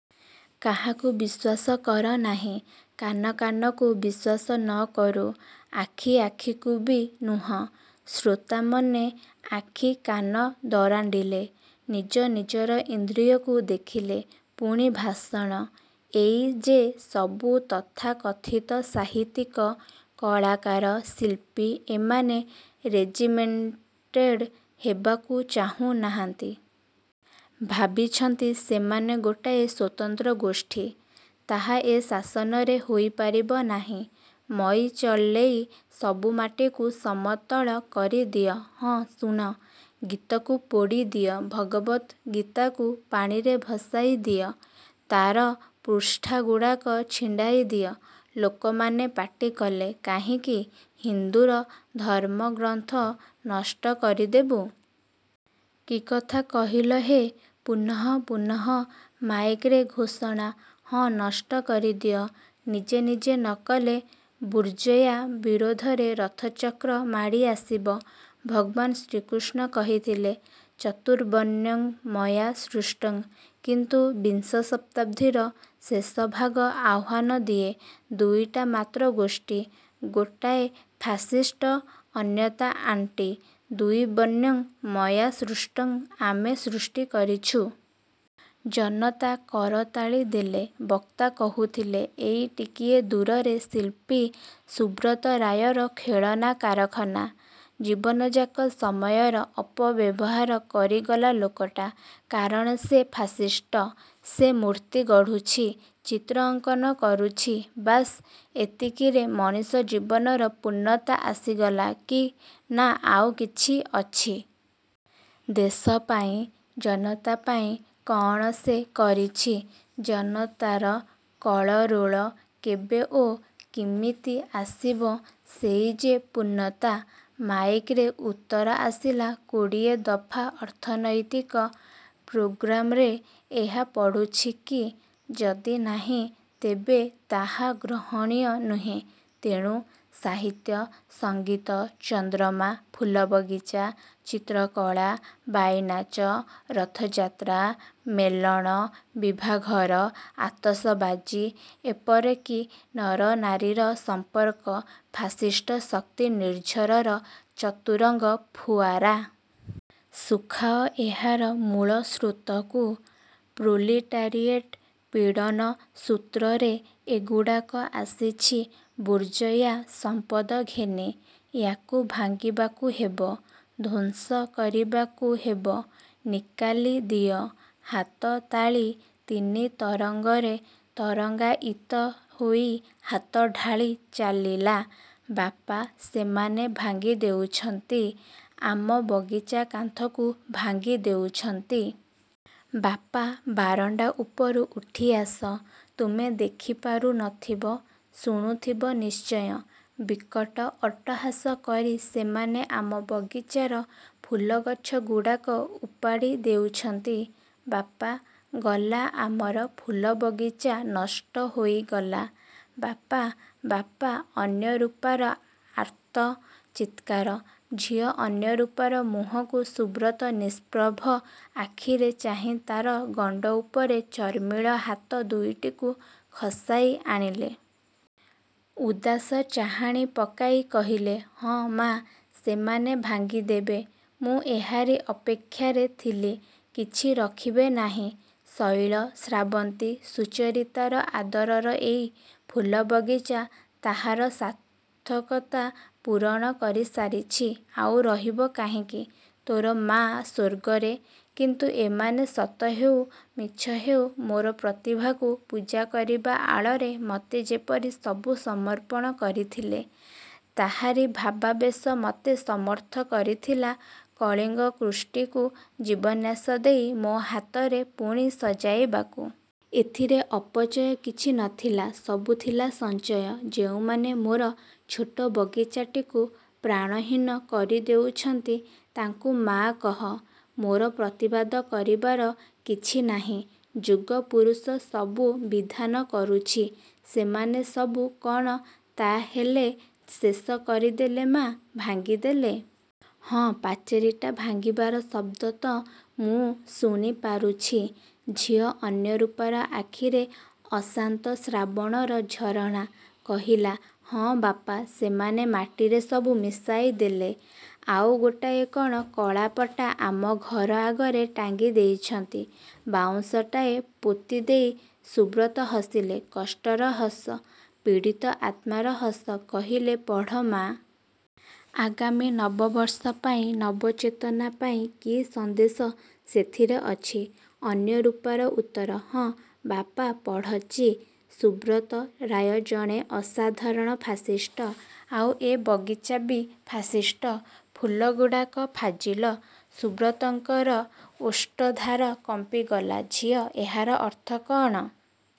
କାହାକୁ ବିଶ୍ଵାସ କର ନାହିଁ। କାନ କାନକୁ ବିଶ୍ଵାସ ନ କରୁ, ଆଖି ଆଖିକୁ ବି ନୁହଁ। " ଶ୍ରୋତାମନେ ଆଖି କାନ ଦରାଣ୍ଡିଲେ। ନିଜନିଜର ଇନ୍ଦ୍ରିୟକୁ ଦେଖିଲେ। ପୁଣି ଭାଷଣ… ଏଇ ଯେ ସବୁ ତଥାକଥିତ ସାହିତ୍ୟିକ, କଳାକାର, ଶିଳ୍ପୀ ଏମାନେ ରେଜିମେଣ୍ଟେଡ଼ ହେବାକୁ ଚାହୁଁ ନାହାନ୍ତି। ଭାବିଛନ୍ତି ସେମାନେ ଗୋଟାଏ ସ୍ଵତନ୍ତ୍ରଗୋଷ୍ଠୀ। ତାହା ଏ ଶାସନରେ ହୋଇ ପାରିବ ନାହିଁ। ମଇ ଚଲେଇ ସବୁ ମାଟିକୁ ସମତଳ କରିଦିଅ। ହଁ ଶୁଣ! ଗୀତକୁ ପୋଡ଼ିଦିଅ। ଭଗବଦ୍ ଗୀତାକୁ ପାଣିରେ ଭସାଇ ଦିଅ। ତାର ପୃଷ୍ଠାଗୁଡ଼ାକ ଛିଣ୍ଡାଇ ଦିଅ। ଲୋକମାନେ ପାଟିକଲେ–'କାହିଁକି? ହିନ୍ଦୁର ଧର୍ମଗ୍ରନ୍ଥ ନଷ୍ଟ କରିଦେବୁ? କି କଥା କହିଲ ହେ? ' ପୁନଃ ପୁନଃ ମାଇକରେ ଘୋଷଣା… ହଁ ନଷ୍ଟ କରିଦିଅ। ନିଜେ ନିଜେ ନକଲେ ବୁର୍ଜୋୟା ବିରୋଧରେ ରଥଚକ୍ର ମାଡ଼ିଆସିବ। ଭଗବାନ ଶ୍ରୀକୃଷ୍ଣ କହିଥିଲେ ଚତୁବର୍ଣ୍ଣ୍ୟଂ ମୟା ସୃଷ୍ଟଂ। କିନ୍ତୁ ବିଂଶ ଶତାବ୍ଧି ର ଶେଷଭାଗ ଆହ୍ୱାନ ଦିଏ–ଦୁଇଟା ମାତ୍ର ଗୋଷ୍ଠୀ… ଗୋଟାଏ ଫାସିଷ୍ଟ, ଅନ୍ୟ ତା ଆଣ୍ଟି… ଦୁଇ ବର୍ଣ୍ଣ୍ୟଂ ମୟା ସୃଷ୍ଟଂ… ଆମେ ସୃଷ୍ଟି କରିଛୁ। ଜନତା କରତାଳିଦେଲେ। ବକ୍ତା କହୁଥିଲେ… ଏଇ ଟିକିଏ ଦୂରରେ ଶିଳ୍ପୀ ସୁବ୍ରତ ରାୟର ଖେଳନା କାରଖାନା। ଜୀବନଯାକ ସମୟର ଅପବ୍ୟବହାର କରିଗଲା ଲୋକଟା… କାରଣ ସେ ଫାସିଷ୍ଟ… ସେ ମୂର୍ତ୍ତି ଗଢ଼ୁଛି, ଚିତ୍ର ଅଙ୍କନ କରୁଛି। ବାସ୍, ଏତିକିରେ ମଣିଷ ଜୀବନର ପୂନତା ଆସିଗଲା କି–ନା ଆଉ କିଛି ଅଛି? ଦେଶପାଇଁ, ଜନତା ପାଇଁ କଅଣ ସେ କରିଛି? ଜନତାର କଳରୋଳ… କେବେ ଓ କିମିତି ଆସିବ ସେଇ ଯେ ପୂନତା? ମାଇକରେ ଉତ୍ତର ଆସିଲା-କୋଡ଼ିଏ ଦଫା ଅର୍ଥନୈତିକ ପ୍ରୋଗ୍ରାମରେ ଏହା ପଡ଼ୁଛି କି-? ଯଦି ନାହିଁ, ତେବେ ତାହା ଗ୍ରହଣୀୟ ନୁହେଁ। ତେଣୁ ସାହିତ୍ୟ, ସଙ୍ଗୀତ, ଚନ୍ଦ୍ରମା, ଫୁଲବଗିଚା, ଚିତ୍ରକଳା, ବାଇନାଚ, ରଥଯାତ୍ରା, ମେଲଣ, ବିଭାଘର, ଆତସବାଜୀ, ଏପରିକି ନରନାରୀର ସମ୍ପର୍କ ଫାସିଷ୍ଟ ଶକ୍ତି ନିର୍ଝରର ଚତୁରଙ୍ଗ ଫୁଆରା। ଶୁଖାଅ ଏହାର ମୂଳ ସ୍ରୋତକୁ। ପ୍ରୋଲିଟାରିଏଟ୍ ପୀଡ଼ନ ସୂତ୍ରରେ ଏଗୁଡ଼ାକ ଆସିଛି ବୁର୍ଜୋୟା ସମ୍ପଦ ଘେନି। ୟାକୁ ଭାଙ୍ଗିବାକୁ ହେବ–ଧ୍ଵଂସ କରିବାକୁ ହେବ। ନିକାଲି ଦିଅ! ହାତତାଳି… ତିନି ତରଙ୍ଗରେ ତରଙ୍ଗାୟିତ ହୋଇ ହାତ ଢାଳି ଚାଲିଲା। -ବାପା, ସେମାନେ ଭାଙ୍ଗି ଦେଉଛନ୍ତି, ଆମ ବଗିଚା କାନ୍ଥକୁ ଭାଙ୍ଗି ଦେଉଛନ୍ତି। ବାପା, ବାରଣ୍ଡାଉପରୁ ଉଠିଆସ। ତୁମେ ଦେଖିପାରୁ ନଥିବ–ଶୁଣୁଥିବ ନିଶ୍ଚୟ। ବିକଟ ଅଟ୍ଟହାସ କରି ସେମାନେ ଆମ ବଗିଚାର ଫୁଲଗଛଗୁଡ଼ାକ ଉପାଡ଼ି ଦେଉଛନ୍ତି। ବାପା… ଗଲା ଆମର ଫୁଲ ବଗିଚା ନଷ୍ଟହୋଇଗଲା। ବାପା… ବାପା… ଅନ୍ୟରୂପାର ଆର୍ତ୍ତ ଚିତ୍କାର। ଝିଅ ଅନ୍ୟରୂପାର ମୁହଁକୁ ସୁବ୍ରତ ନିଷ୍ପ୍ରଭ ଆଖିରେ ଚାହିଁ ତାର ଗଣ୍ଡ ଉପରେ ଚର୍ମିଳ ହାତ ଦୁଇଟିକୁ ଖସାଇଆଣିଲେ। ଉଦାସ ଚାହାଣି ପକାଇ କହିଲେ… "ହଁ ମା, ସେମାନେ ଭାଙ୍ଗିଦେବେ। ମୁଁ ଏହାରି ଅପେକ୍ଷାରେ ଥିଲି। କିଛି ରଖିବେ ନାହିଁ। ଶୈଳ, ଶ୍ରାବନ୍ତୀ, ସୁଚରିତାର ଆଦରର ଏଇ ଫୁଲବଗିଚା ତାହାର ସାର୍ଥକତା ପୂରଣ କରିସାରିଛି-ଆଉ ରହିବ କାହିଁକି? ତୋର ମା' ସ୍ଵର୍ଗରେ… କିନ୍ତୁ ଏମାନେ ସତ ହେଉ, ମିଛ ହେଉ, ମୋର ପ୍ରତିଭାକୁ ପୂଜା କରିବା ଆଳରେ ମତେ ଯେପରି ସବୁ ସମର୍ପଣ କରିଥିଲେ, ତାହାରି ଭାବାବେଶ ମତେ ସମର୍ଥ କରିଥିଲା କଳିଙ୍ଗ କୃଷ୍ଟିକୁ ଜୀବନ୍ୟାସ ଦେଇ ମୋ ହାତରେ ପୁଣି ସଜାଇବାକୁ। ଏଥିରେ ଅପଚୟ କିଛି ନଥିଲା। ସବୁ ଥିଲା ସଞ୍ଚୟ। ଯେଉଁମାନେ ମୋର ଛୋଟ ବଗିଚାଟିକୁ ପ୍ରାଣହୀନ କରିଦେଉଛନ୍ତି, ତାଙ୍କୁ ମାଆ କହ, ମୋର ପ୍ରତିବାଦ କରିବାର କିଛି ନାହିଁ। ଯୁଗପୁରୁଷ ସବୁ ବିଧାନ କରୁଛି। ସେମାନେ ସବୁ କଣ ତା'ହେଲେ ଶେଷ କରିଦେଲେ ମାଆ? ଭାଙ୍ଗି ଦେଲେ? ହଁ, ପାଚେରିଟା ଭାଙ୍ଗିବାର ଶବ୍ଦ ତ ମୁଁ ଶୁଣିପାରୁଛି। ଝିଅ ଅନ୍ୟରୂପାର ଆଖିରେ ଅଶାନ୍ତ ଶ୍ରାବଣର ଝରଣା। କହିଲା–ହଁ ବାପା, ସେମାନେ ମାଟିରେ ସବୁ ମିଶାଇଦେଲେ। ଆଉ ଗୋଟାଏ କ'ଣ କଳାପଟା ଆମ ଘର ଆଗରେ ଟାଙ୍ଗିଦେଇଛନ୍ତି ବାଉଁଶଟାଏ ପୋତିଦେଇ। ସୁବ୍ରତ ହସିଲେ… କଷ୍ଟର ହସ… ପୀଡ଼ିତ ଆତ୍ମାର ହସ… କହିଲେ–ପଢ଼ ମା! ଆଗାମୀ ନବବର୍ଷ ପାଇଁ, ନବ ଚେତନା ପାଇଁ କି ସନ୍ଦେଶ ସେଥିରେ ଅଛି? ଅନ୍ୟରୂପାର ଉତ୍ତର–'ହଁ ବାପା ପଢ଼ ଚି'... ସୁବ୍ରତ ରାୟ ଜଣେ ଅସାଧାରଣ ଫାସିଷ୍ଟ, ଆଉ ଏ ବଗିଚା ବି ଫାସିଷ୍ଟ, ଫୁଲଗୁଡ଼ାକ ଫାଜିଲ… ସୁବ୍ରତଙ୍କର ଓଷ୍ଠଧାର କମ୍ପିଗଲା–'ଝିଅ! ଏହାର ଅର୍ଥ କଅଣ?